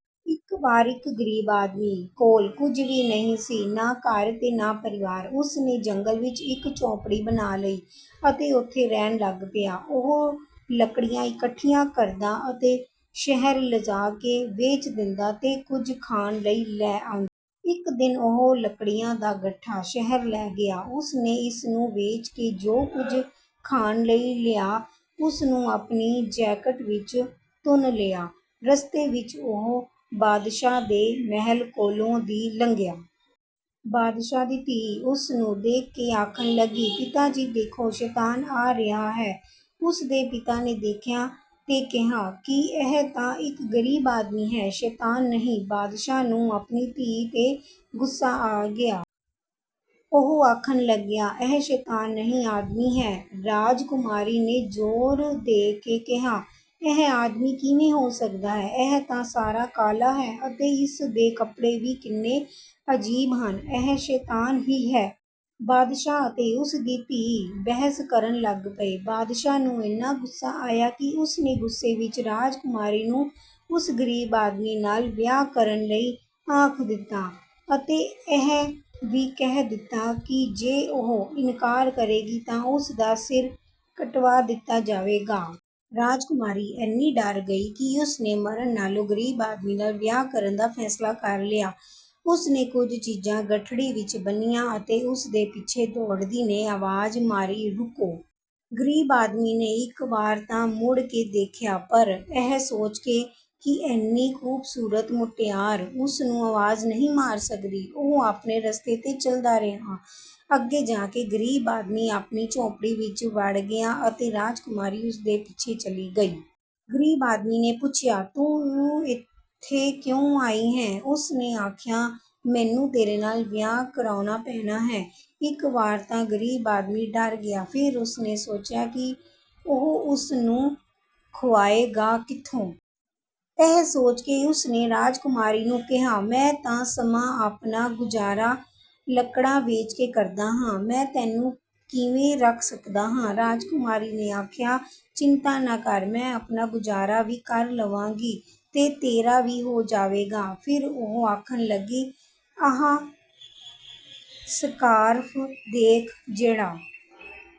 ਇੱਕ ਵਾਰ ਇੱਕ ਗ਼ਰੀਬ ਆਦਮੀ ਕੋਲ ਕੁਝ ਵੀ ਨਹੀਂ ਸੀ, ਨਾ ਘਰ ਤੇ ਨਾ ਪਰਿਵਾਰ। ਉਸ ਨੇ ਜੰਗਲ ਵਿੱਚ ਇੱਕ ਝੌਂਪੜੀ ਬਣਾ ਲਈ ਅਤੇ ਉੱਥੇ ਰਹਿਣ ਲੱਗ ਪਿਆ। ਉਹ ਲੱਕੜੀਆਂ ਇਕੱਠੀਆਂ ਕਰਦਾ ਅਤੇ ਸ਼ਹਿਰ ਲਿਜਾ ਕੇ ਵੇਚ ਦਿੰਦਾ ਤੇ ਕੁਝ ਖਾਣ ਲਈ ਲੈ ਆਉਂਦਾ। ਇੱਕ ਦਿਨ ਉਹ ਲੱਕੜੀਆਂ ਦਾ ਗੱਠਾ ਸ਼ਹਿਰ ਲੈ ਗਿਆ। ਉਸ ਨੇ ਇਸ ਨੂੰ ਵੇਚ ਕੇ ਜੋ ਕੁਝ ਖਾਣ ਲਈ ਲਿਆ, ਉਸ ਨੂੰ ਆਪਣੀ ਜੈਕਟ ਵਿੱਚ ਤੁੰਨ ਲਿਆ। ਰਸਤੇ ਵਿੱਚ ਉਹ ਬਾਦਸ਼ਾਹ ਦੇ ਮਹਿਲ ਕੋਲੋਂ ਦੀ ਲੰਘਿਆ। ਬਾਦਸ਼ਾਹ ਦੀ ਧੀ ਉਸ ਨੂੰ ਦੇਖ ਕੇ ਆਖਣ ਲੱਗੀ, "ਪਿਤਾ ਜੀ ਦੇਖੋ, ਸ਼ੈਤਾਨ ਆ ਰਿਹਾ ਹੈ।" ਉਸ ਦੇ ਪਿਤਾ ਨੇ ਦੇਖਿਆ ਤੇ ਕਿਹਾ ਕਿ ਇਹ ਤਾਂ ਇੱਕ ਗ਼ਰੀਬ ਆਦਮੀ ਹੈ, ਸ਼ੈਤਾਨ ਨਹੀਂ। ਬਾਦਸ਼ਾਹ ਨੂੰ ਆਪਣੀ ਧੀ 'ਤੇ ਗੁੱਸਾ ਆ ਗਿਆ। ਉਹ ਆਖਣ ਲੱਗਿਆ, "ਇਹ ਸ਼ੈਤਾਨ ਨਹੀਂ, ਆਦਮੀ ਹੈ।" ਰਾਜਕੁਮਾਰੀ ਨੇ ਜ਼ੋਰ ਦੇ ਕੇ ਕਿਹਾ, "ਇਹ ਆਦਮੀ ਕਿਵੇਂ ਹੋ ਸਕਦਾ ਹੈ। ਇਹ ਤਾਂ ਸਾਰਾ ਕਾਲਾ ਹੈ ਅਤੇ ਇਸ ਦੇ ਕੱਪੜੇ ਵੀ ਕਿੰਨੇ ਅਜੀਬ ਹਨ, ਇਹ ਸ਼ੈਤਾਨ ਹੀ ਹੈ।" ਬਾਦਸ਼ਾਹ ਅਤੇ ਉਸ ਦੀ ਧੀ ਬਹਿਸ ਕਰਨ ਲੱਗ ਪਏ। ਬਾਦਸ਼ਾਹ ਨੂੰ ਐਨਾ ਗੁੱਸਾ ਆਇਆ ਕਿ ਉਸ ਨੇ ਗੁੱਸੇ ਵਿੱਚ ਰਾਜਕੁਮਾਰੀ ਨੂੰ ਉਸ ਗ਼ਰੀਬ ਆਦਮੀ ਨਾਲ ਵਿਆਹ ਕਰਨ ਲਈ ਆਖ ਦਿੱਤਾ ਅਤੇ ਇਹ ਵੀ ਕਹਿ ਦਿੱਤਾ ਕਿ ਜੇ ਉਹ ਇਨਕਾਰ ਕਰੇਗੀ ਤਾਂ ਉਸ ਦਾ ਸਿਰ ਕਟਵਾ ਦਿੱਤਾ ਜਾਵੇਗਾ। ਰਾਜਕੁਮਾਰੀ ਐਨੀ ਡਰ ਗਈ ਕਿ ਉਸ ਨੇ ਮਰਨ ਨਾਲੋਂ ਗ਼ਰੀਬ ਆਦਮੀ ਨਾਲ ਵਿਆਹ ਕਰਨ ਦਾ ਫ਼ੈਸਲਾ ਕਰ ਲਿਆ। ਉਸ ਨੇ ਕੁਝ ਚੀਜ਼ਾਂ ਗੱਠੜੀ ਵਿੱਚ ਬੰਨ੍ਹੀਆਂ ਅਤੇ ਉਸ ਦੇ ਪਿੱਛੇ ਦੌੜਦੀ ਨੇ ਆਵਾਜ਼ ਮਾਰੀ, "ਰੁਕੋ।" ਗ਼ਰੀਬ ਆਦਮੀ ਨੇ ਇੱਕ ਵਾਰ ਤਾਂ ਮੁੜ ਕੇ ਦੇਖਿਆ ਪਰ ਇਹ ਸੋਚ ਕੇ ਕਿ ਐਨੀ ਖ਼ੂਬਸੂਰਤ ਮੁਟਿਆਰ ਉਸ ਨੂੰ ਆਵਾਜ਼ ਨਹੀਂ ਮਾਰ ਸਕਦੀ, ਉਹ ਆਪਣੇ ਰਸਤੇ 'ਤੇ ਚੱਲਦਾ ਰਿਹਾ। ਅੱਗੇ ਜਾ ਕੇ ਗ਼ਰੀਬ ਆਦਮੀ ਆਪਣੀ ਝੌਂਪੜੀ ਵਿੱਚ ਵੜ ਗਿਆ ਅਤੇ ਰਾਜਕੁਮਾਰੀ ਉਸ ਦੇ ਪਿੱਛੇ ਚਲੀ ਗਈ। ਗ਼ਰੀਬ ਆਦਮੀ ਨੇ ਪੁੱਛਿਆ, "ਤੂੰ ਇੱਥੇ ਕਿਉਂ ਆਈ ਐਂ?" ਉਸ ਨੇ ਆਖਿਆ, "ਮੈਨੂੰ ਤੇਰੇ ਨਾਲ ਵਿਆਹ ਕਰਾਉਣਾ ਪੈਣਾ ਹੈ।" ਇੱਕ ਵਾਰ ਤਾਂ ਗ਼ਰੀਬ ਆਦਮੀ ਡਰ ਗਿਆ। ਫਿਰ ਉਸ ਨੇ ਸੋਚਿਆ ਕਿ ਉਹ ਉਸ ਨੂੰ ਖੁਆਏਗਾ ਕਿੱਥੋਂ। ਇਹ ਸੋਚ ਕੇ ਉਸ ਨੇ ਰਾਜਕੁਮਾਰੀ ਨੂੰ ਕਿਹਾ, "ਮੈਂ ਤਾਂ ਮਸਾਂ ਆਪਣਾ ਗੁਜ਼ਾਰਾ ਲੱਕੜਾਂ ਵੇਚ ਕੇ ਕਰਦਾ ਹਾਂ, ਮੈਂ ਤੈਨੂੰ ਕਿਵੇਂ ਰੱਖ ਸਕਦਾ ਹਾਂ।" ਰਾਜਕੁਮਾਰੀ ਨੇ ਆਖਿਆ, "ਚਿੰਤਾ ਨਾ ਕਰ, ਮੈਂ ਆਪਣਾ ਗੁਜ਼ਾਰਾ ਵੀ ਕਰ ਲਵਾਂਗੀ ਤੇ ਤੇਰਾ ਵੀ ਹੋ ਜਾਵੇਗਾ।" ਫਿਰ ਉਹ ਆਖਣ ਲੱਗੀ, "ਆਹ ਸਕਾਰਫ਼ ਦੇਖ ਜਿਹੜਾ